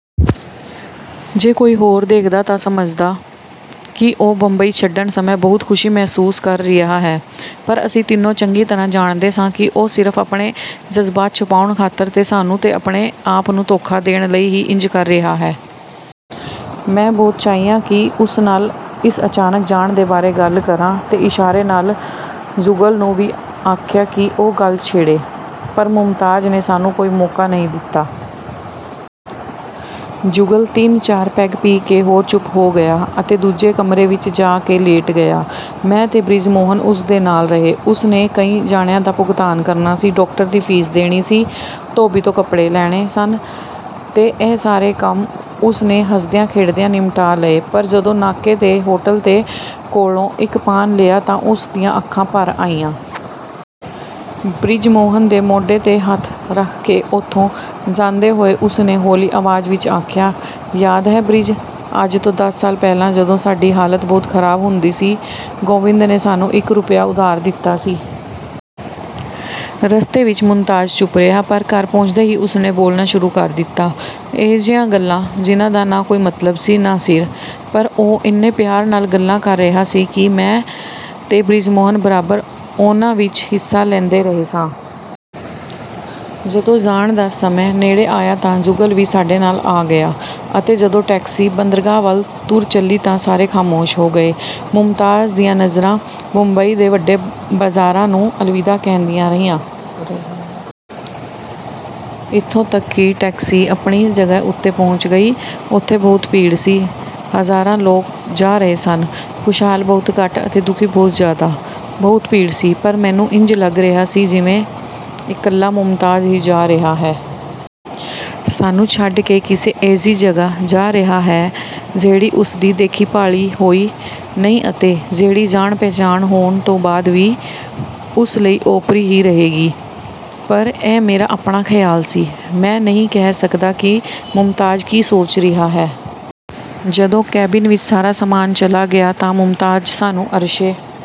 ਜੇ ਕੋਈ ਹੋਰ ਦੇਖਦਾ ਤਾਂ ਸਮਝਦਾ ਕਿ ਉਹ ਬੰਬਈ ਛੱਡਣ ਸਮੇਂ ਬਹੁਤ ਖੁਸ਼ੀ ਮਹਿਸੂਸ ਕਰ ਰਿਹਾ ਹੈ, ਪਰ ਅਸੀਂ ਤਿੰਨੇ ਚੰਗੀ ਤਰ੍ਹਾਂ ਜਾਣਦੇ ਸਾਂ ਕਿ ਉਹ ਸਿਰਫ਼ ਆਪਣੇ ਜਜ਼ਬਾਤ ਛੁਪਾਉਣ ਖਾਤਰ, ਤੇ ਸਾਨੂੰ, ਤੇ ਆਪਣੇ ਆਪ ਨੂੰ ਧੋਖਾ ਦੇਣ ਲਈ ਹੀ ਇੰਜ ਕਰ ਰਿਹਾ ਹੈ। ਮੈਂ ਬਹੁਤ ਚਾਹਿਆ ਕਿ ਉਸ ਨਾਲ ਇਸ ਅਚਾਨਕ ਜਾਣ ਦੇ ਕਾਰਨ ਬਾਰੇ ਗੱਲ ਕਰਾਂ, ਅਤੇ ਇਸ਼ਾਰੇ ਨਾਲ ਜੁਗਲ ਨੂੰ ਵੀ ਕਿਹਾ ਕਿ ਉਹ ਗੱਲ ਛੇੜੇ, ਪਰ ਮੁਮਤਾਜ਼ ਨੇ ਸਾਨੂੰ ਕੋਈ ਮੌਕਾ ਨਹੀਂ ਦਿੱਤਾ। ਜੁਗਲ ਤਿੰਨ-ਚਾਰ ਪੈੱਗ ਪੀ ਕੇ ਹੋਰ ਵੀ ਚੁੱਪ ਹੋ ਗਿਆ, ਅਤੇ ਦੂਜੇ ਕਮਰੇ ਵਿੱਚ ਜਾ ਕੇ ਲੇਟ ਗਿਆ। ਮੈਂ ਤੇ ਬ੍ਰਿਜਮੋਹਨ ਉਸ ਦੇ ਨਾਲ ਰਹੇ। ਉਸ ਨੇ ਕਈ ਜਣਿਆਂ ਦਾ ਭੁਗਤਾਨ ਕਰਨਾ ਸੀ, ਡਾਕਟਰ ਦੀ ਫੀਸ ਦੇਣੀ ਸੀ, ਧੋਬੀ ਤੋਂ ਕੱਪੜੇ ਲੈਣੇ ਸਨ ਤੇ ਇਹ ਸਾਰੇ ਕੰਮ ਉਸ ਨੇ ਹੱਸਦਿਆਂ-ਖੇਡਦਿਆਂ ਨਿਪਟਾ ਲਏ, ਪਰ ਜਦੋਂ ਨਾਕੇ ਦੇ ਹੋਟਲ ਦੇ ਕੋਲੋਂ ਇੱਕ ਪਾਨ ਲਿਆ ਤਾਂ ਉਸ ਦੀਆਂ ਅੱਖਾਂ ਭਰ ਆਈਆਂ। ਬ੍ਰਿਜਮੋਹਨ ਦੇ ਮੋਢੇ ਉੱਤੇ ਹੱਥ ਰੱਖ ਕੇ, ਉੱਥੋਂ ਜਾਂਦੇ ਹੋਏ, ਉਸ ਨੇ ਹੌਲੀ ਆਵਾਜ਼ ਵਿੱਚ ਕਿਹਾ, "ਯਾਦ ਹੈ ਬ੍ਰਿਜ, ਅੱਜ ਤੋਂ ਦਸ ਸਾਲ ਪਹਿਲਾਂ ਜਦੋਂ ਸਾਡੀ ਹਾਲਤ ਬਹੁਤ ਖਰਾਬ ਹੁੰਦੀ ਸੀ, ਗੋਬਿੰਦ ਨੇ ਸਾਨੂੰ ਇੱਕ ਰੁਪਈਆ ਉਧਾਰ ਦਿੱਤਾ ਸੀ।" ਰਸਤੇ ਵਿੱਚ ਮੁਮਤਾਜ਼ ਚੁੱਪ ਰਿਹਾ, ਪਰ ਘਰ ਪਹੁੰਚਦੇ ਹੀ ਉਸ ਨੇ ਬੋਲਣਾ ਸ਼ੁਰੂ ਕਰ ਦਿੱਤਾ, ਅਜਿਹੀਆਂ ਗੱਲਾਂ ਜਿਨ੍ਹਾਂ ਦਾ ਨਾ ਕੋਈ ਮਤਲਬ ਸੀ, ਨਾ ਸਿਰ, ਪਰ ਉਹ ਇੰਨੇ ਪਿਆਰ ਨਾਲ ਗੱਲਾਂ ਕਰ ਰਿਹਾ ਸੀ ਕਿ ਮੈਂ ਤੇ ਬ੍ਰਿਜਮੋਹਨ ਬਰਾਬਰ ਉਹਨਾਂ ਵਿੱਚ ਹਿੱਸਾ ਲੈਂਦੇ ਰਹੇ ਸਾਂ। ਜਦੋਂ ਜਾਣ ਦਾ ਸਮਾਂ ਨੇੜੇ ਆਇਆ ਤਾਂ ਜੁਗਲ ਵੀ ਸਾਡੇ ਨਾਲ ਆ ਗਿਆ, ਅਤੇ ਜਦੋਂ ਟੈਕਸੀ ਬੰਦਰਗਾਹ ਵੱਲ ਤੁਰ ਚੱਲੀ ਤਾਂ ਸਾਰੇ ਖਾਮੋਸ਼ ਹੋ ਗਏ। ਮੁਮਤਾਜ਼ ਦੀਆਂ ਨਜ਼ਰਾਂ ਬੰਬਈ ਦੇ ਵੱਡੇ ਬਾਜ਼ਾਰਾਂ ਨੂੰ ਅਲਵਿਦਾ ਕਹਿੰਦੀਆਂ ਰਹੀਆਂ। ਇੱਥੋਂ ਤੱਕ ਕਿ ਟੈਕਸੀ ਆਪਣੀ ਜਗ੍ਹਾ ਉੱਤੇ ਪਹੁੰਚ ਗਈ। ਉੱਥੇ ਬਹੁਤ ਭੀੜ ਸੀ। ਹਜ਼ਾਰਾਂ ਲੋਕ ਜਾ ਰਹੇ ਸਨ, ਖੁਸ਼ਹਾਲ ਬਹੁਤ ਘੱਟ, ਅਤੇ ਦੁਖੀ ਬਹੁਤ ਜ਼ਿਆਦਾ। ਬਹੁਤ ਭੀੜ ਸੀ, ਪਰ ਮੈਨੂੰ ਇੰਜ ਲੱਗ ਰਿਹਾ ਸੀ ਜਿਵੇਂ ਇਕੱਲਾ ਮੁਮਤਾਜ਼ ਹੀ ਜਾ ਰਿਹਾ ਹੈ। ਸਾਨੂੰ ਛੱਡ ਕੇ ਕਿਸੇ ਅਜਿਹੀ ਜਗ੍ਹਾ ਜਾ ਰਿਹਾ ਹੈ, ਜਿਹੜੀ ਉਸਦੀ ਦੇਖੀ-ਭਾਲੀ ਹੋਈ ਨਹੀਂ ਅਤੇ ਜਿਹੜੀ ਜਾਣ-ਪਛਾਣ ਹੋਣ ਤੋਂ ਬਾਅਦ ਵੀ ਉਸ ਲਈ ਓਪਰੀ ਹੀ ਰਹੇਗੀ। ਪਰ ਇਹ ਮੇਰਾ ਆਪਣਾ ਖਿਆਲ ਸੀ। ਮੈਂ ਨਹੀਂ ਕਹਿ ਸਕਦਾ ਕਿ ਮੁਮਤਾਜ਼ ਕੀ ਸੋਚ ਰਿਹਾ ਹੈ। ਜਦੋਂ ਕੈਬਿਨ ਵਿੱਚ ਸਾਰਾ ਸਾਮਾਨ ਚਲਾ ਗਿਆ ਤਾਂ ਮੁਮਤਾਜ਼ ਸਾਨੂੰ ਅਰਸ਼ੇ